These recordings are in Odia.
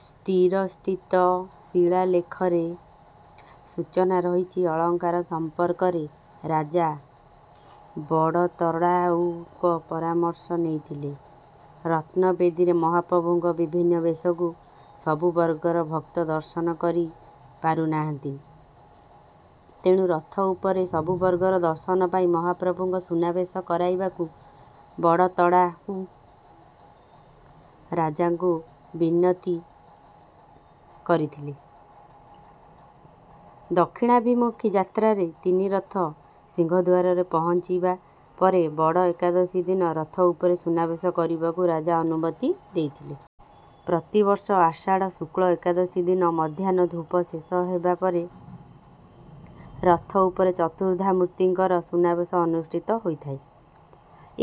ସ୍ଥିରସ୍ଥିତ ଶିଳାଲେଖରେ ସୂଚନା ରହିଛି। ଅଳଙ୍କାର ସମ୍ପର୍କରେ ରାଜା ବଡ଼ତଢ଼ାଉଙ୍କ ପରାମର୍ଶ ନେଇଥିଲେ। ରତ୍ନବେଦିରେ ମହାପ୍ରଭୁଙ୍କ ବିଭିନ୍ନ ବେଶକୁ ସବୁବର୍ଗର ଭକ୍ତ ଦର୍ଶନ କରି ପାରୁନାହାନ୍ତି, ତେଣୁ ରଥ ଉପରେ ସବୁବର୍ଗର ଦର୍ଶନ ପାଇଁ ମହାପ୍ରଭୁଙ୍କ ସୁନାବେଶ କରେଇବାକୁ ବଡ଼ତଢ଼ାଉ ରାଜାଙ୍କୁ ବିନତି କରିଥିଲେ। ଦକ୍ଷିଣାଭିମୁଖୀ ଯାତ୍ରାରେ ତିନି ରଥ ସିଂହଦ୍ୱାରରେ ପହଞ୍ଚିବା ପରେ ବଡ଼ ଏକାଦଶୀ ଦିନ ରଥ ଉପରେ ସୁନାବେଶ କରିବାକୁ ରାଜା ଅନୁମତି ଦେଇଥିଲେ। ପ୍ରତିବର୍ଷ ଆଷାଢ଼ ଶୁକ୍ଳ ଏକାଦଶୀ ଦିନ ମଧ୍ୟାହ୍ନ ଧୂପ ଶେଷ ହେବା ପରେ ରଥ ଉପରେ ଚତୁର୍ଦ୍ଧାମୂର୍ତ୍ତିଙ୍କର ସୁନା ବେଶ ଅନୁଷ୍ଠିତ ହୋଇଥାଏ।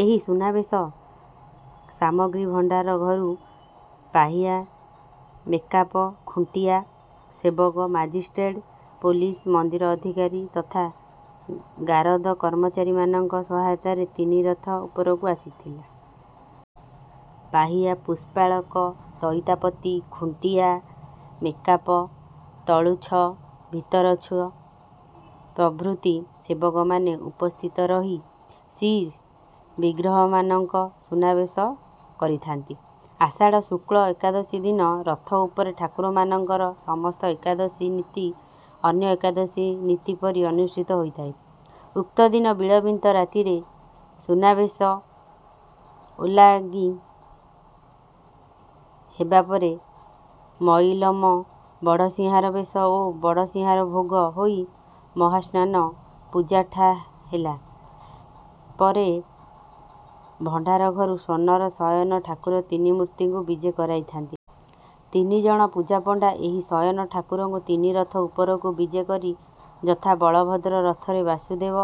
ଏହି ସୁନା ବେଶ ସାମଗ୍ରୀ ଭଣ୍ଡାର ଘରୁ ପାହିଆ ମେକାପ, ଖୁଣ୍ଟିଆ ସେବକ, ମାଜିଷ୍ଟ୍ରେଟ, ପୋଲିସ, ମନ୍ଦିର ଅଧିକାରୀ ତଥା ଗାରଦ କର୍ମଚାରୀମାନଙ୍କ ସହାୟତାରେ ତିନି ରଥ ଉପରକୁ ଆସିଥିଲେ। ପାହିଆ ପୁଷ୍ପାଳକ, ଦଇତାପତି, ଖୁଣ୍ଟିଆ ମେକାପ, ତଳୁଚ୍ଛ, ଭିତରଚ୍ଛ ପ୍ରଭୃତି ସେବକମାନେ ଉପସ୍ଥିତ ରହି ଶ୍ରୀବିଗ୍ରହମାନଙ୍କ ସୁନାବେଶ କରିଥାନ୍ତି। ଆଷାଢ଼ ଶୁକ୍ଳ ଏକାଦଶୀ ଦିନ ରଥ ଉପରେ ଠାକୁରମାନଙ୍କର ସମସ୍ତ ଏକାଦଶୀ ନୀତି ଅନ୍ୟ ଏକାଦଶୀ ନୀତି ପରି ଅନୁଷ୍ଠିତ ହୋଇଥାଏ। ଉକ୍ତଦିନ ବିଳମ୍ବିତ ରାତ୍ରରେ ସୁନାବେଶ ଓଲାଗି ହେବାପରେ ମଇଲମ, ବଡ଼ସିଂହାର ବେଶ ଓ ବଡ଼ସିଂହାର ଭୋଗ ହୋଇ ମହାସ୍ନାନ, ପୂଜା ଠା' ହେଲା ପରେ ଭଣ୍ଡାର ଘରୁ ସ୍ୱର୍ଣ୍ଣର ଶୟନ ଠାକୁର ତିନି ମୂର୍ତ୍ତିଙ୍କୁ ବିଜେ କରାଇଥାନ୍ତି। ତିନିଜଣ ପୂଜାପଣ୍ଡା ଏହି ଶୟନ ଠାକୁରଙ୍କୁ ତିନି ରଥ ଉପରକୁ ବିଜେ କରି ଯଥା ବଳଭଦ୍ର ରଥରେ ବାସୁଦେବ,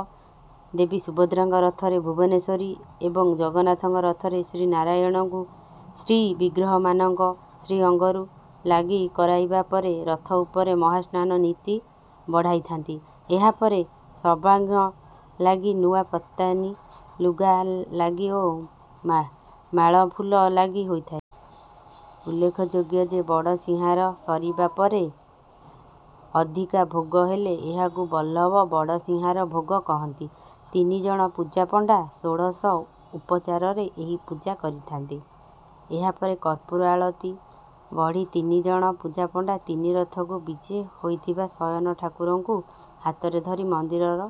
ଦେବୀ ସୁଭଦ୍ରାଙ୍କ ରଥରେ ଭୁବନେଶ୍ୱରୀ ଏବଂ ଜଗନ୍ନାଥଙ୍କ ରଥରେ ଶ୍ରୀନାରାୟଣଙ୍କୁ ଶ୍ରୀବିଗ୍ରହମାନଙ୍କ ଶ୍ରୀଅଙ୍ଗରୁ ଲାଗି କରାଇବା ପରେ ରଥ ଉପରେ ମହାସ୍ନାନ ନୀତି ବଢ଼ାଇଥାନ୍ତି। ଏହାପରେ ସର୍ବାଙ୍ଗ ଲାଗି, ନୂଆ ପତନି ଲୁଗା ଲାଗି ଓ ମାଳଫୁଲ ଲାଗି ହୋଇଥାଏ। ଉଲ୍ଲେଖଯୋଗ୍ୟ ଯେ, ବଡ଼ସିଂହାର ସରିବା ପରେ ଅଧିକା ଭୋଗ ହେଲେ ଏହାକୁ ବଲ୍ଲଭ ବଡ଼ସିଂହାର ଭୋଗ କହନ୍ତି। ତିନିଜଣ ପୂଜାପଣ୍ଡା ଷୋଡ଼ଶ ଉପଚାରରେ ଏହି ପୂଜା କରିଥାନ୍ତି। ଏହାପରେ କର୍ପୂର ଆଳତି ବଢ଼ି ତିନିଜଣ ପୂଜାପଣ୍ଡା ତିନି ରଥକୁ ବିଜେ ହୋଇଥିବା ଶୟନ ଠାକୁରଙ୍କୁ ହାତରେ ଧରି ମନ୍ଦିରର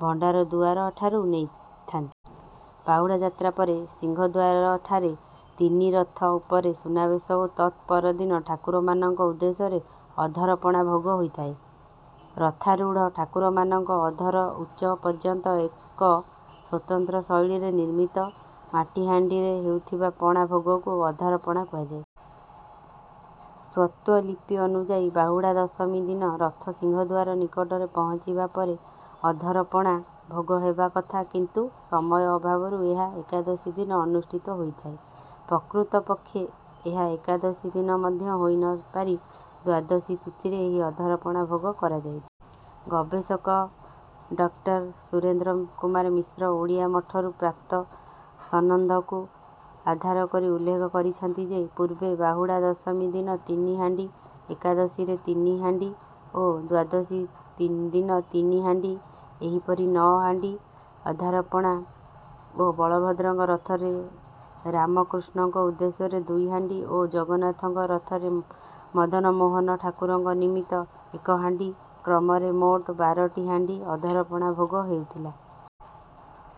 ଭଣ୍ଡାର ଦୁଆର ଠାରୁ ନେଇଥାନ୍ତି। ବାହୁଡ଼ା ଯାତ୍ରା ପରେ ସିଂହଦ୍ୱାରଠାରେ ତିନି ରଥ ଉପରେ ସୁନାବେଶ ଓ ତତ୍ ପରଦିନ ଠାକୁରମାନଙ୍କ ଉଦ୍ଦେଶ୍ୟରେ ଅଧର ପଣା ଭୋଗ ହୋଇଥାଏ। ରଥାରୂଢ଼ ଠାକୁରମାନଙ୍କ ଅଧର ଉଚ୍ଚ ପର୍ଯ୍ୟନ୍ତ ଏକ ସ୍ୱତନ୍ତ୍ର ଶୈଳୀରେ ନିର୍ମିତ ମାଟି ହାଣ୍ଡିରେ ହେଉଥିବା ପଣା ଭୋଗକୁ ଅଧର ପଣା କୁହାଯାଏ। ସ୍ୱତ୍ତ୍ୱଲିପି ଅନୁଯାୟୀ ବାହୁଡ଼ା ଦଶମୀ ଦିନ ରଥ ସିଂହଦ୍ୱାର ନିକଟରେ ପହଞ୍ଚିବା ପରେ ଅଧର ପଣା ଭୋଗ ହେବା କଥା। କିନ୍ତୁ ସମୟ ଅଭାବରୁ ଏହା ଏକାଦଶୀ ଦିନ ଅନୁଷ୍ଠିତ ହୋଇଥାଏ। ପ୍ରକୃତ ପକ୍ଷେ ଏହା ଏକାଦଶୀ ଦିନ ମଧ୍ୟ ହୋଇ ନ ପାରି ଦ୍ୱାଦଶୀ ତିଥିରେ ଏହି ଅଧର ପଣା ଭୋଗ କରାଯାଇ ଗବେଷକ ଡଃ ସୁରେନ୍ଦ୍ର କୁମାର ମିଶ୍ର ଓଡ଼ିଆ ମଠରୁ ପ୍ରାପ୍ତ ସନନ୍ଦକୁ ଆଧାର କରି ଉଲ୍ଲେଖ କରିଛନ୍ତି ଯେ, ପୂର୍ବେ ବାହୁଡ଼ା ଦଶମୀ ଦିନ ତିନି ହାଣ୍ଡି, ଏକାଦଶୀରେ ତିନି ହାଣ୍ଡି ଓ ଦ୍ୱାଦଶୀ ଦିନ ତିନି ହାଣ୍ଡି ଏହିପରି ନଅ ହାଣ୍ଡି ଅଧର ପଣା ଓ ବଳଭଦ୍ରଙ୍କ ରଥରେ ରାମ, କୃଷ୍ଣଙ୍କ ଉଦ୍ଦେଶ୍ୟରେ ଦୁଇ ହାଣ୍ଡି ଓ ଜଗନ୍ନାଥଙ୍କ ରଥରେ ମଦନମୋହନ ଠାକୁରଙ୍କ ନିମିତ୍ତ ଏକ ହାଣ୍ଡି କ୍ରମରେ ମୋଟ ବାର ଟି ହାଣ୍ଡି ଅଧର ପଣା ଭୋଗ ହେଉଥିଲା।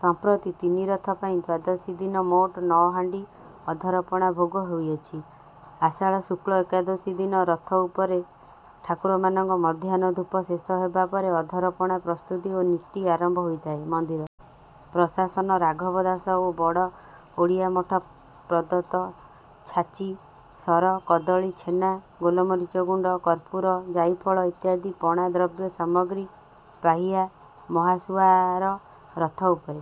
ସମ୍ପ୍ରତି ତିନି ରଥ ପାଇଁ ଦ୍ୱାଦଶୀ ଦିନ ମୋଟ ନଅ ହାଣ୍ଡି ଅଧର ପଣା ଭୋଗ ହେଉଅଛି। ଆଷାଢ଼ ଶୁକ୍ଳ ଏକାଦଶୀ ଦିନ ରଥ ଉପରେ ଠାକୁରମାନଙ୍କ ମଧ୍ୟାହ୍ନ ଧୂପ ଶେଷ ହେବା ପରେ ଅଧର ପଣା ପ୍ରସ୍ତୁତି ଓ ନୀତି ଆରମ୍ଭ ହୋଇଥାଏ। ମନ୍ଦିର ପ୍ରଶାସନ, ରାଘବ ଦାସ ଓ ବଡ଼ ଓଡ଼ିଆ ମଠ ପ୍ରଦତ୍ତ ଛାଚି, ସର, କଦଳୀ, ଛେନା, ଗୋଲମରିଚ ଗୁଣ୍ଡ, କର୍ପୂର, ଜାଇଫଳ ଇତ୍ୟାଦି ପଣା ଦ୍ରବ୍ୟ ସାମଗ୍ରୀ ପାହିଆ ମହାସୁଆର ରଥ ଉପରେ